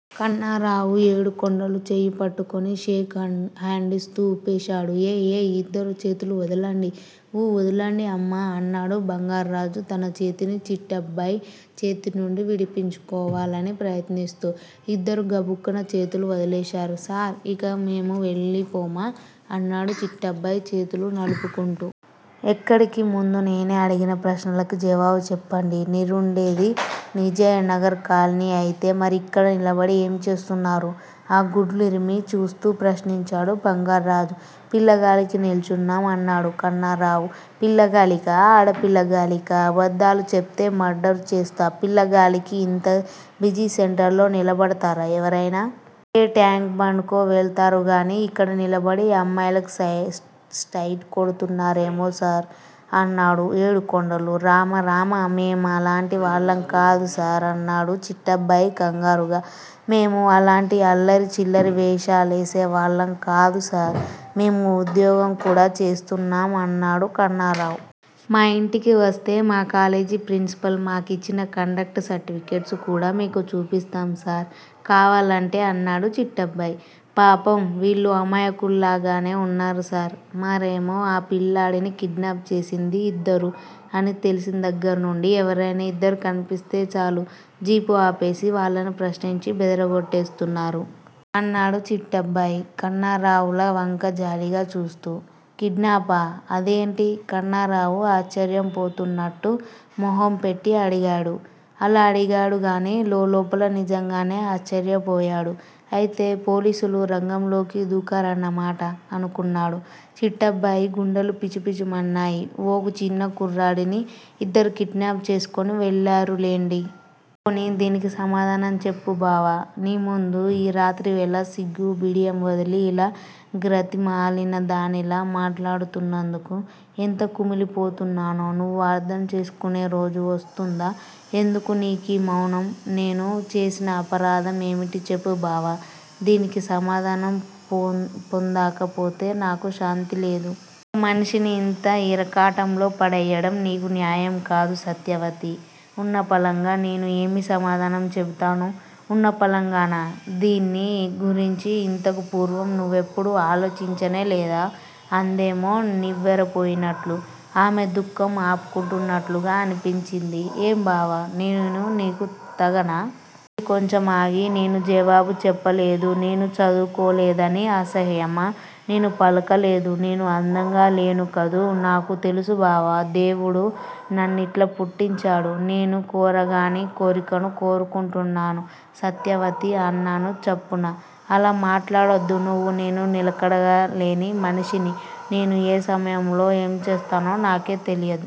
కన్నారావు ఏడుకొండలు చెయ్యిపట్టుకుని షేక్ హండిస్తూ ఊపేశాడు. ఏయ్ ఏయ్ ఇద్దరూ చేతులు వదలండి. ఊ వదలండి హమ్మ! అన్నాడు బంగార్రాజు తన చేతిని చిట్టబ్బాయి చేతి నుండి విడిపించుకోవాలని ప్రయత్నిస్తూ. ఇద్దరూ గబుక్కున చేతులు వదిలేశారు. సార్! ఇక మేము వెళ్ళిపోమా? అన్నాడు చిట్టబ్బాయి చేతులు నలుపు కుంటూ. ఎక్కడికి? ముందు నేను అడిగిన ప్రశ్నలకి జవాబు చెప్పండి. నిరుండేది విజయనగర్ కాలని అయితే మరి ఇక్కడ నిలబడి ఏం చేస్తున్నారు? ఆ గుడ్లురిమి చూస్తూ ప్రశ్నించాడు బంగార్ర్రాజు. పిల్లగాలికి నిల్చున్నాం అన్నాడు కన్నారావు. పిల్లగాలికా ఆడపిల్లగాలికా? అబద్ధాలు చెప్తే మర్డరు చేస్తా. పిల్లగాలికి ఇంత బిజీ సెంటర్లో నిలబడ్తారా ఎవర్తెనా? ఏ ట్యాంక్ బండ్ కో వెళ్తారుగాని ఇక్కడ నిలబడి అమ్మాయిలకి స్తేటు కొడ్తున్నారేమో సార్! అన్నాడు ఏడుకొండలు. రామ రామ. మేమలాంటివాళ్ళం కాదు సార్ అన్నాడు చిట్టబ్బాయి కంగారుగా. మేము అలాంటి అల్లరి చిల్లరి వేషాలేసేవాళ్ళం కాదు సార్. మేము ఉద్యగం కూడా చేస్తున్నాం అన్నాడు కన్నరావ్. మా ఇంటికి వస్తే మా కాలేజి ప్రిన్సిపాల్ మాకిచ్చిన కాండక్ట్ సర్టిఫికెట్స్ కూడా మీకు చూపిస్తాం సార్ కావాలంటే అన్నాడు చిట్టబ్బాయి. పాపం. వీళ్ళు అమామకుల్లాగానే ఉన్నారు సార్. మారేమో ఆ పిల్లాడిని కిడ్నాప్ చేసింది ఇద్దరు అని తెలిసిందగ్గర్నుండి ఎవర్తెనా ఇద్దరు కనిపిస్తే చాలు జీపు ఆపేసి వాళ్ళని ప్రశ్నించి బెదరగోట్టేస్తున్నారు. అన్నాడు చిట్టబ్బాయి కన్నరావుల వంక జాలిగా చూస్తూ. కిడ్నాపా? అదేంటి? కన్నారావు ఆశ్చర్యంపోతున్నాట్టు మొహం పెట్టి అడిగాడు. అలా అడిగాడుగాని లోలోపల నిజంగానే ఆశ్చర్యపోయాడు. అయితే పోలీసులు రంగంలికి దూకారన్నమాట! అనుకున్నాడు. చిట్టబ్బాయి గుండెలు పిచుపిచుమన్నాయ్. ఓ చిన్న కుర్రాడిని ఇద్దరు కిడ్నాప్ చేస్కుని వెళ్ళారులెండి. పోనీ దీనికి సమాధానం చెప్పుబావా! నీ ముందు ఈ రాత్రివేళ సిగ్గూ, బిడియం వదిలి ఇలా గ్రతిమాలినదానిలా మాట్లాడుతున్నందుకు ఎంత కుమిలిపోతున్నానో, నువ్వు అర్థం చేసుకునే రోజు వస్తుందా? ఎందుకు నీకీ మౌనం? నేను చేసిన అపరాధం ఏమిటి చెప్పు బావా! దీనికి సమాధానం పొందకపోతే నాకు శాంతిలేదు. ఒక మనిషిని ఇంత ఇరకాటంలో పడెయ్యటం నీకు న్యాయం కాదు సత్యవతీ! ఉన్నపళంగా నేను ఏమి సమాధానం చెబుతాను? ఉన్నపళంగానా? దీన్ని గురించి ఇంతకు పూర్వం నువ్వెప్పుడూ ఆలోచించనే లేదా? అందామె నివ్వెరపోయినట్లు. ఆమె దుఃఖం ఆపుకుంటున్నట్లుగా అనిపించింది. ఏం బావా! నేను నీకు తగనా? అంది కొంచెం ఆగి. నేను జవాబు చెప్పలేదు. నేను చదువుకోలేదని అసహ్యమా? నేను పలుకలేదు. నేను అందంగా లేనుకదూ! నాకు తెలుసుబావా! దేముడు నన్నిట్లా పుట్టించాడు. నేను కోరరాని కోరికను కోరుకుంటున్నాను. సత్యవతీ! అన్నాను చప్పున. అలా మాట్లాడొద్దు నువ్వు. నేను నిలకడలేని మనిషిని. నేను ఏ సమయంలో ఏంచేస్తానో నాకే తెలీదు.